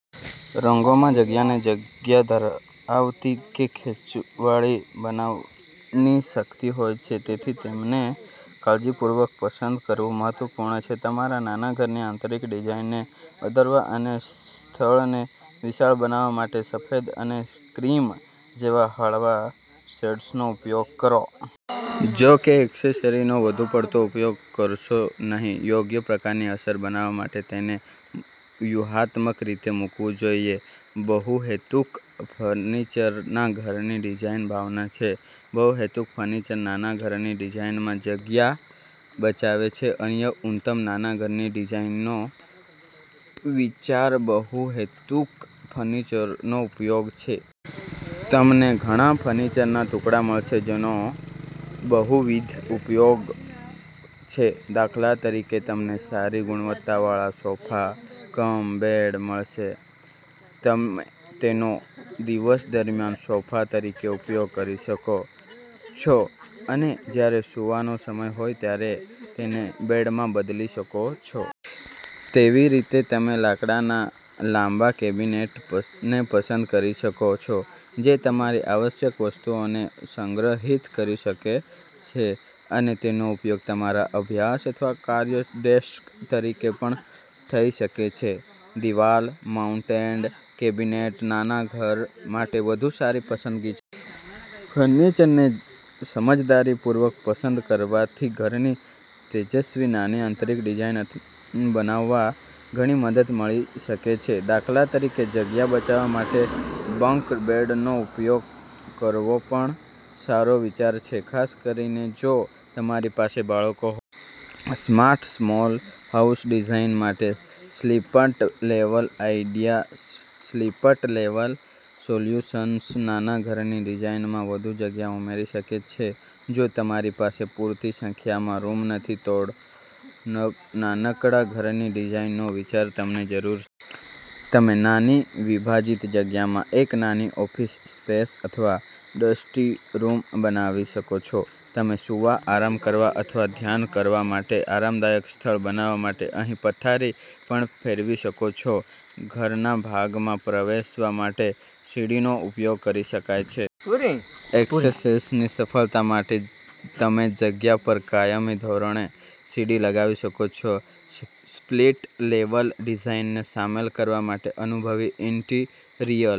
રંગોમાં જગ્યાને જગ્યા ધરાવતી કે ખેંચાવાળી બનાવવાની શક્તિ હોય છે. તેથી, તેમને કાળજીપૂર્વક પસંદ કરવું મહત્વપૂર્ણ છે. તમારા નાના ઘરની આંતરિક ડિઝાઇનને વધારવા અને સ્થળને વિશાળ બનાવવા માટે, સફેદ અને ક્રીમ જેવા હળવા શેડ્સનો ઉપયોગ કરો. જો કે, એક્સેસરીનો વધુ પડતો ઉપયોગ કરશો નહીં. યોગ્ય પ્રકારની અસર બનાવવા માટે તેને વ્યૂહાત્મક રીતે મૂકવું જોઈએ. બહુહેતુક ફર્નિચરના ઘરની ડિઝાઇનની ભાવના છે બહુહેતુક ફર્નિચર નાના ઘરની ડિઝાઇનમાં જગ્યા બચાવે છે અન્ય ઉત્તમ નાના ઘરની ડિઝાઇનનો વિચારબહુહેતુક ફર્નિચરનો ઉપયોગ છે. તમને ઘણા ફર્નિચરના ટુકડા મળશે જેનો બહુવિધ ઉપયોગ છે. દાખલા તરીકે, તમને સારી ગુણવત્તાવાળા સોફા કમ બેડ મળશે. તમે તેનો દિવસ દરમિયાન સોફા તરીકે ઉપયોગ કરી શકો છો અને જ્યારે સૂવાનો સમય હોય ત્યારે તેને બેડમાં બદલી શકો છો. તેવીરીતે, તમે લાકડાના લાંબા કેબિનેટને પસંદ કરી શકો છો જે તમારી આવશ્યક વસ્તુઓને સંગ્રહિત કરી શકે છે અને તેનો ઉપયોગ તમારા અભ્યાસ અથવા કાર્ય ડેસ્ક તરીકે પણ થઈ શકે છે. દિવાલ-માઉન્ટેન્ડ કેબિનેટ નાના ઘર માટે વધુ સારી પસંદગી છે. ફર્નિચરને સમજદારીપૂર્વક પસંદ કરવાથી ઘરની તેજસ્વી નાની આંતરિક ડિઝાઇન બનાવવા ઘણી મદદ મળી શકે છે. દાખલા તરીકે, જગ્યા બચાવવા માટે બંક બેડનો ઉપયોગ કરવોપણ સારો વિચાર છે, ખાસ કરીને જો તમારી પાસે બાળકો સ્માર્ટ સ્મોલ હાઉસ ડિઝાઇન માટે split level idea split level solutions નાના ઘરની ડિઝાઇનમાં વધુ જગ્યા ઉમેરી શકે છે જો તમારી પાસે પૂરતી સંખ્યામાં રૂમ નથી, તોનાનકડા ઘરની ડિઝાઇનનો વિચાર તમને જરૂર તમે નાની વિભાજીત જગ્યામાં એક નાની ઓફિસ સ્પેસ અથવા ડસ્ટી રૂમ બનાવી શકો છો. તમે સૂવા, આરામ કરવા અથવા ધ્યાન કરવા માટે આરામદાયક સ્થળ બનાવવા માટે અહીં પથારી પણ ફેલવી શકો છો. ઘરનાભાગમાં પ્રવેશવા માટે સીડીનો ઉપયોગ કરી શકાય છે. ઍક્સેસેસની સફળતા માટે તમેજગ્યા પર કાયમી ધોરણે સીડી લગાવી શકો છો. સ્પ્લિટ-લેવલ ડિઝાઇનને સામેલ કરવા માટે અનુભવી ઇન્ટિરિયર